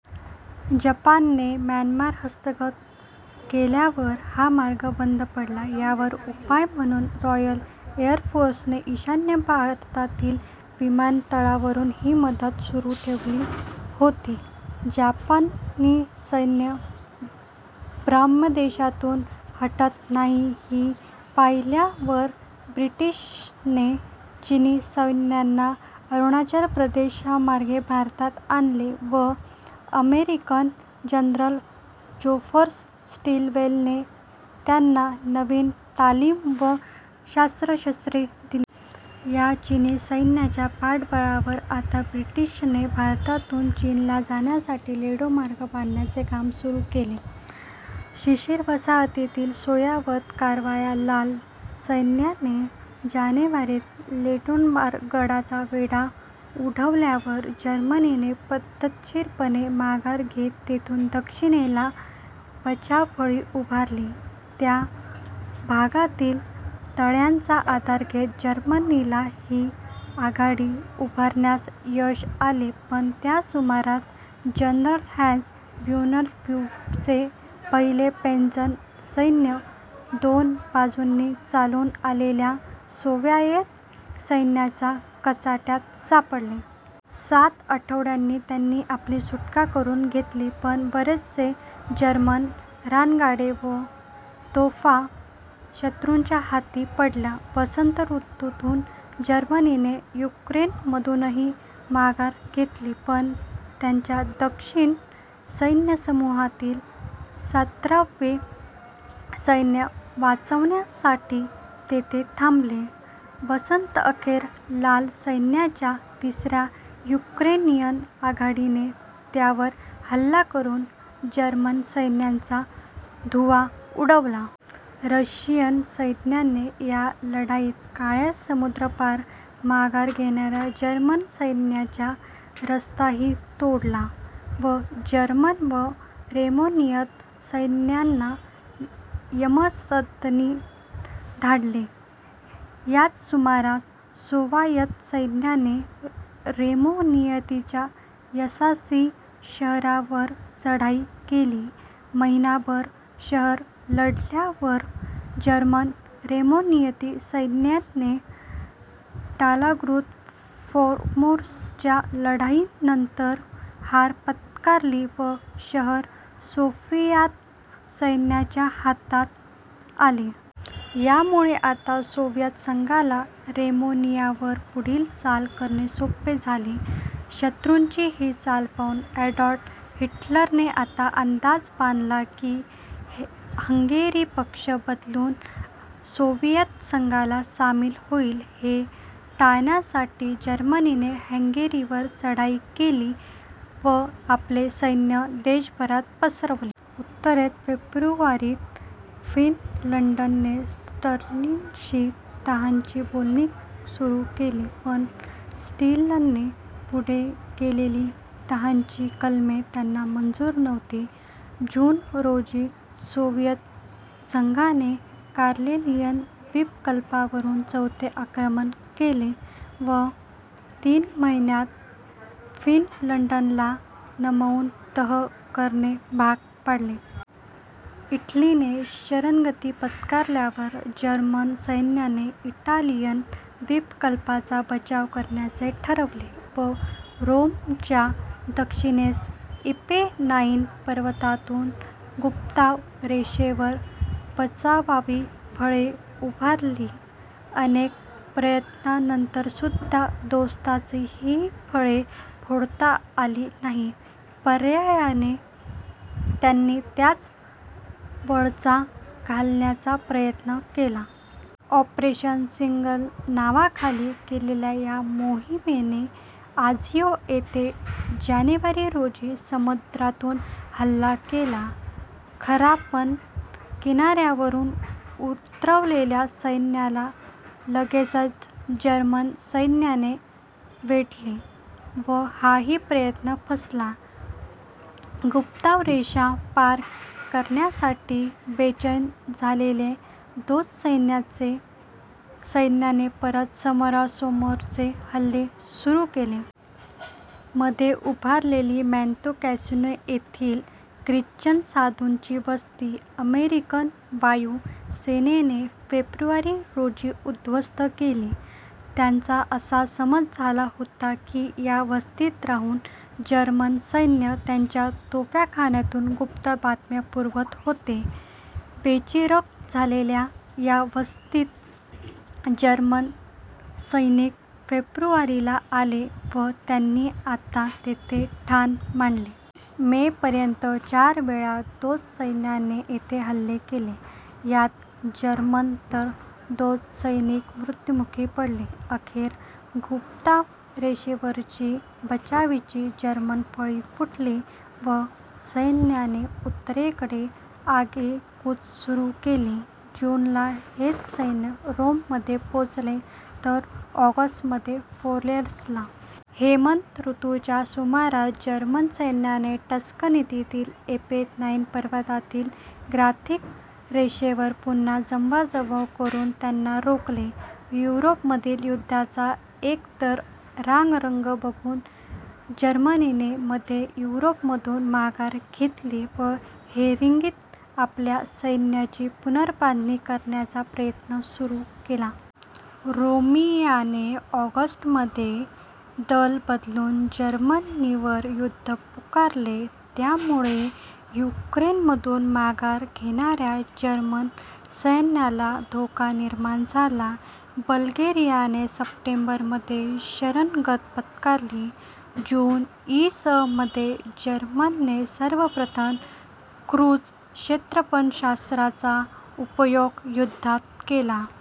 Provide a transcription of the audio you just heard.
जपानने म्यानमार हस्तगत केल्यावर हा मार्ग बंद पडला. यावर उपाय म्हणून रॉयल एरफोर्सने ईशान्य भारतातील विमानतळांवरून ही मदत सुरू ठेवली होती. जपानी सैन्य ब्रह्मदेशातून हटत नाही ही पाहिल्यावर ब्रिटनने चीनी सैन्याला अरुणाचल प्रदेशमार्गे भारतात आणले व अमेरिकन जनरल जोसेफ स्टिलवेलने त्यांना नवी तालीम व शस्त्रास्त्रे दिली. या चीनी सैन्याच्या पाठबळावर आता ब्रिटनने भारतातून चीनला जाण्यासाठी लेडो मार्ग बांधण्याचे काम सुरू केले. शिशिर-वसंतातील सोव्हिएत कारवाया लाल सैन्याने जानेवारीत लेनिनग्राडचा वेढा उठवल्यावर जर्मनीने पद्धतशीरपणे माघार घेत तेथून दक्षिणेला बचावफळी उभारली. त्या भागातील तळ्यांचा आधार घेत जर्मनीला ही आघाडी उभारण्यात यश आले पण त्या सुमारास जनरल हान्स-व्हॅलेन्टिन ह्युबचे पहिले पॅन्झर सैन्य दोन बाजूंनी चालून आलेल्या सोव्हिएत सैन्याच्या कचाट्यात सापडले. सात आठवड्यांनी त्यांनी आपली सुटका करून घेतली पण बरेचसे जर्मन रणगाडे व तोफा शत्रूच्या हाती पडल्या. वसंत ऋतुत जर्मनीने युक्रेनमधूनही माघार घेतली पण त्यांच्या दक्षिण सैन्यसमूहातील सतरावे सैन्य बचावासाठी तेथे थांबले. वसंतअखेर लाल सैन्याच्या तिसऱ्या युक्रेनियन आघाडीने त्यावर हल्ला करून जर्मन सैन्याचा धुव्वा उडवला. रशियन सैन्याने या लढाईत काळ्या समुद्रापार माघार घेणाऱ्या जर्मन सैन्याचा रस्ताही तोडला व जर्मन व रोमेनियन सैनिकांना यमसदनी धाडले. याच सुमारास सोव्हिएत सैन्याने रोमेनियातील इयासी शहरावर चढाई केली. महिनाभर शहर लढवल्यावर जर्मन-रोमेनियन सैन्याने टारगुल फ्रुमोसच्या लढाईनंतर हार पत्करली व शहर सोव्हिएत सैन्याच्या हातात आले. यामुळे आता सोव्हिएत संघाला रोमेनियावर पुढील चाल करणे सोपे झाले. शत्रूची ही चाल पाहून ॲडॉल्फ हिटलरने अंदाज बांधला की हंगेरी पक्ष बदलून सोव्हिएत संघाला सामील होइल. हे टाळण्यासाठी जर्मनीने हंगेरीवर चढाई केली व आपले सैन्य देशभर पसरवले. उत्तरेत फेब्रुवारीत फिनलंडने स्टालिनशी तहाची बोलणी सुरू केली पण स्टालिनने पुढे केलेली तहाची कलमे त्यांना मंजूर नव्हती. जून रोजी सोव्हिएत संघाने कारेलियन द्वीपकल्पावरून चौथे आक्रमण केले व तीन महिन्यात फिनलंडला नमवून तह करणे भाग पाडले. इटलीने शरणागती पत्करल्यावर जर्मन सैन्याने इटालियन द्वीपकल्पाचा बचाव करण्याचे ठरवले व रोमच्या दक्षिणेस एपेनाइन पर्वतातून गुस्ताव रेषेवर बचावाची फळी उभारली. अनेक प्रयत्नांनंतरसुद्धा दोस्तांना ही फळी फोडता आली नाही. पर्यायाने त्यांनी त्यास वळसा घालण्याचा प्रयत्न केला. ऑपरेशन शिंगल नावाखाली केलेल्या या मोहिमेने आंझियो येथे जानेवारी, रोजी समुद्रातून हल्ला केला खरा पण किनाऱ्यावर उतरलेल्या सैन्याला लगेचच जर्मन सैन्याने वेढले व हाही प्रयत्न फसला. गुस्ताव रेषा पार करण्यासाठी बेचैन झालेल्या दोस्त सैन्याने परत समोरासमोरचे हल्ले सुरू केले. मध्ये उभारलेली मॉॅंते कॅसिनो येथील ख्रिश्चन साधूंची वस्ती अमेरिकन वायु सेनेने फेब्रुवारी रोजी उद्ध्वस्त केली. त्यांचा असा समज झाला होता की या वस्तीत राहून जर्मन सैन्य त्यांच्या तोफखान्याला गुप्त बातम्या पुरवत होते. बेचिराख झालेल्या या वस्तीत जर्म सैनिक फेब्रुवारी ला आले व त्यांनी आता तेथे ठाण मांडले. मे पर्यंत चार वेळा दोस्त सैन्याने येथे हल्ले केले. यात जर्मन तर दोस्त सैनिक मृत्युमुखी पडले. अखेर गुस्ताव रेषेवरची बचावाची जर्मन फळी फुटली व दोस्त सैन्याने उत्तरेकडे आगेकूच सुरू केली. जून ला हे सैनिक रोममध्ये पोचले तर ऑगस्टमध्ये फ्लोरेंसला. हेमंत ऋतूच्या सुमारास जर्मन सैन्याने टस्कनीतील एपेनाइन पर्वतातील गॉथिक रेषेवर पुन्हा जमवाजमव करून त्यांना रोखले युरोपमधील युद्धाचा एकंदर रागरंग बघून जर्मनीने मध्य युरोपमधून माघार घेतली व हंगेरीत आपल्या सैन्याची पुनर्बांधणी करण्याचा प्रयत्न सुरू केला. रोमेनियाने ऑगस्ट मध्ये दल बदलून जर्मनीवर युद्ध पुकारले. यामुळे युक्रेनमधून माघार घेणाऱ्या जर्मन सैन्याला धोका निर्माण झाला. बल्गेरियाने सप्टेंबरमध्ये शरणागती पत्करली. जून इ. स. मध्ये जर्मनीने सर्वप्रथम क्रुझ क्षेपणास्त्रांचा उपयोग युद्धात केला.